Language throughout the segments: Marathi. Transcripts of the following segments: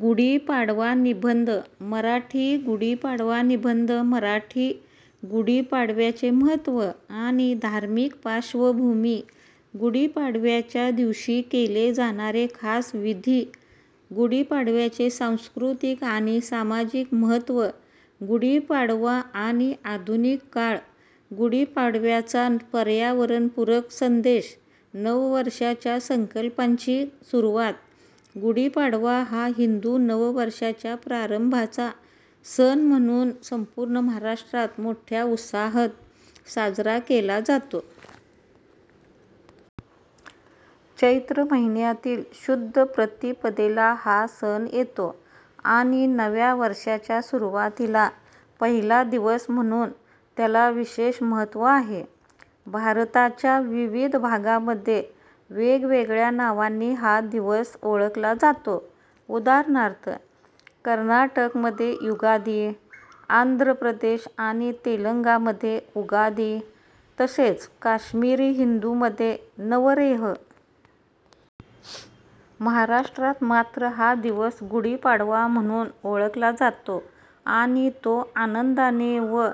गुढीपाडवा निबंध मराठी गुढीपाडवा निबंध मराठी गुढीपाडव्याचे महत्त्व आणि धार्मिक पार्श्वभूमी गुढीपाडव्याच्या दिवशी केले जाणारे खास विधी गुढीपाडव्याचे सांस्कृतिक आणि सामाजिक महत्त्व गुढीपाडवा आणि आधुनिक काळ गुढीपाडव्याचा पर्यावरणपूरक संदेश नववर्षाच्या संकल्पांची सुरुवात गुढीपाडवा हा हिंदू नववर्षाच्या प्रारंभाचा सण म्हणून संपूर्ण महाराष्ट्रात मोठ्या उत्साहात साजरा केला जातो. चैत्र महिन्यातील शुद्ध प्रतिपदेला हा सण येतो आणि नव्या वर्षाच्या सुरुवातीचा पहिला दिवस म्हणून त्याला विशेष महत्त्व आहे. भारताच्या विविध भागांमध्ये वेगवेगळ्या नावांनी हा दिवस ओळखला जातो, उदा. कर्नाटकमध्ये युगादी, आंध्रप्रदेश आणि तेलंगणामध्ये उगादी, तसेच काश्मिरी हिंदूंमध्ये नवरेह. महाराष्ट्रात मात्र हा दिवस गुढीपाडवा म्हणून ओळखला जातो आणि तो आनंदाने व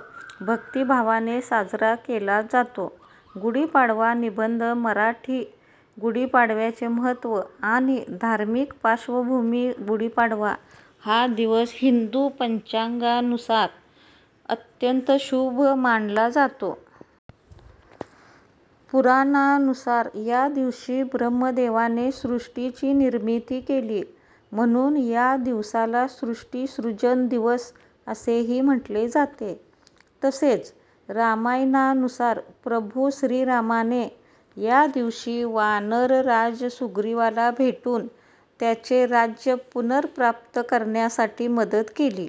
भक्तिभावाने साजरा केला जातो. गुढीपाडवा निबंध मराठी गुढीपाडव्याचे महत्त्व आणि धार्मिक पार्श्वभूमी गुढीपाडवा हा दिवस हिंदू पंचांगानुसार अत्यंत शुभ मानला जातो. पुराणांनुसार या दिवशी ब्रह्मदेवाने सृष्टीची निर्मिती केली, म्हणून या दिवसाला सृष्टी सृजन दिवस असेही म्हटले जाते. तसेच, रामायणानुसार प्रभू श्रीरामाने या दिवशी वानरराज सुग्रीवाला भेटून त्याचे राज्य पुनर्प्राप्त करण्यासाठी मदत केली.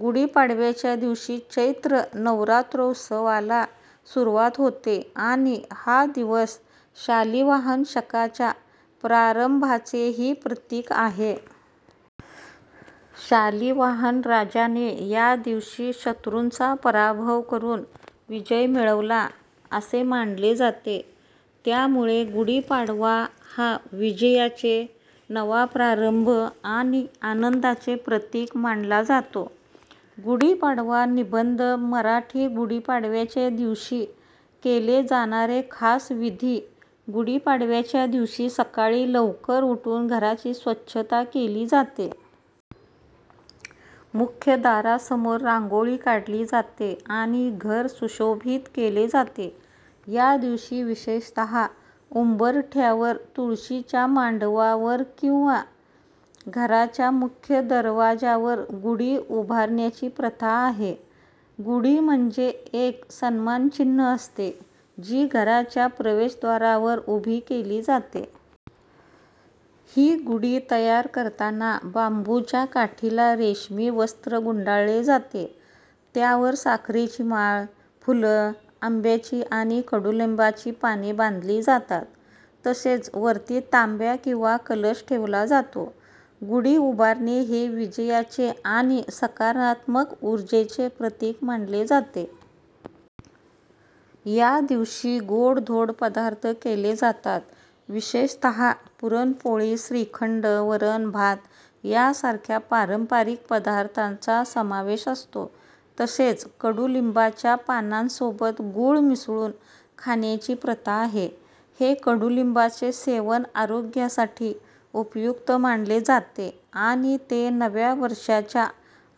गुढीपाडव्याच्या दिवशी चैत्र नवरात्रोत्सवाला सुरुवात होते आणि हा दिवस शालिवाहन शकाच्या प्रारंभाचेही प्रतीक आहे. शालिवाहन राजाने या दिवशी शत्रूंचा पराभव करून विजय मिळवला, असे मानले जाते. त्यामुळे गुढीपाडवा हा विजयाचे, नवा प्रारंभ आणि आनंदाचे प्रतीक मानला जातो. गुढीपाडवा निबंध मराठी गुढीपाडव्याच्या दिवशी केले जाणारे खास विधी गुढीपाडव्याच्या दिवशी सकाळी लवकर उठून घराची स्वच्छता केली जाते. मुख्य दारासमोर रांगोळी काढली जाते आणि घर सुशोभित केले जाते. या दिवशी विशेषतः उंबरठ्यावर तुळशीच्या मांडवावर किंवा घराच्या मुख्य दरवाज्यावर गुढी उभारण्याची प्रथा आहे. गुढी म्हणजे एक सन्मानचिन्ह असते, जी घराच्या प्रवेशद्वारावर उभी केली जाते. ही गुढी तयार करताना बांबूच्या काठीला रेशमी वस्त्र गुंडाळले जाते, त्यावर साखरेची माळ, फुलं, आंब्याची आणि कडुलिंबाची पाने बांधली जातात, तसेच वरती तांब्या किंवा कलश ठेवला जातो. गुढी उभारणे हे विजयाचे आणि सकारात्मक ऊर्जेचे प्रतीक मानले जाते. या दिवशी गोडधोड पदार्थ केले जातात. विशेषतः पुरणपोळी, श्रीखंड, वरण भात यासारख्या पारंपरिक पदार्थांचा समावेश असतो. तसेच, कडुलिंबाच्या पानांसोबत गूळ मिसळून खाण्याची प्रथा आहे. हे कडुलिंबाचे सेवन आरोग्यासाठी उपयुक्त मानले जाते आणि ते नव्या वर्षाच्या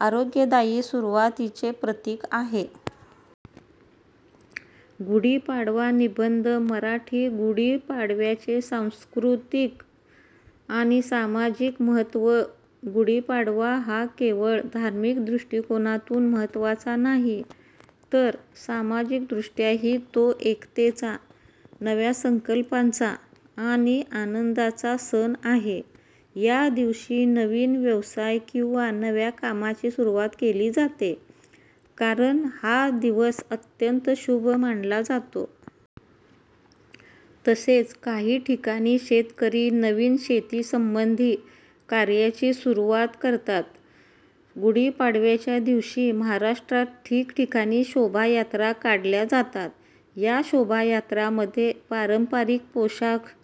आरोग्यदायी सुरुवातीचे प्रतीक आहे. गुढीपाडवा निबंध मराठी गुढीपाडव्याचे सांस्कृतिक आणि सामाजिक महत्त्व गुढीपाडवा हा केवळ धार्मिक दृष्टिकोनातून महत्त्वाचा नाही, तर सामाजिकदृष्ट्याही तो एकतेचा, नव्या संकल्पांचा आणि आनंदाचा सण आहे. या दिवशी नवीन व्यवसाय किंवा नव्या कामाची सुरुवात केली जाते, कारण हा दिवस अत्यंत शुभ मानला जातो. तसेच, काही ठिकाणी शेतकरी नवीन शेतीसंबंधी कार्यांची सुरुवात करतात. गुढीपाडव्याच्या दिवशी महाराष्ट्रात ठिकठिकाणी शोभायात्रा काढल्या जातात. या शोभायात्रांमध्ये पारंपरिक पोशाख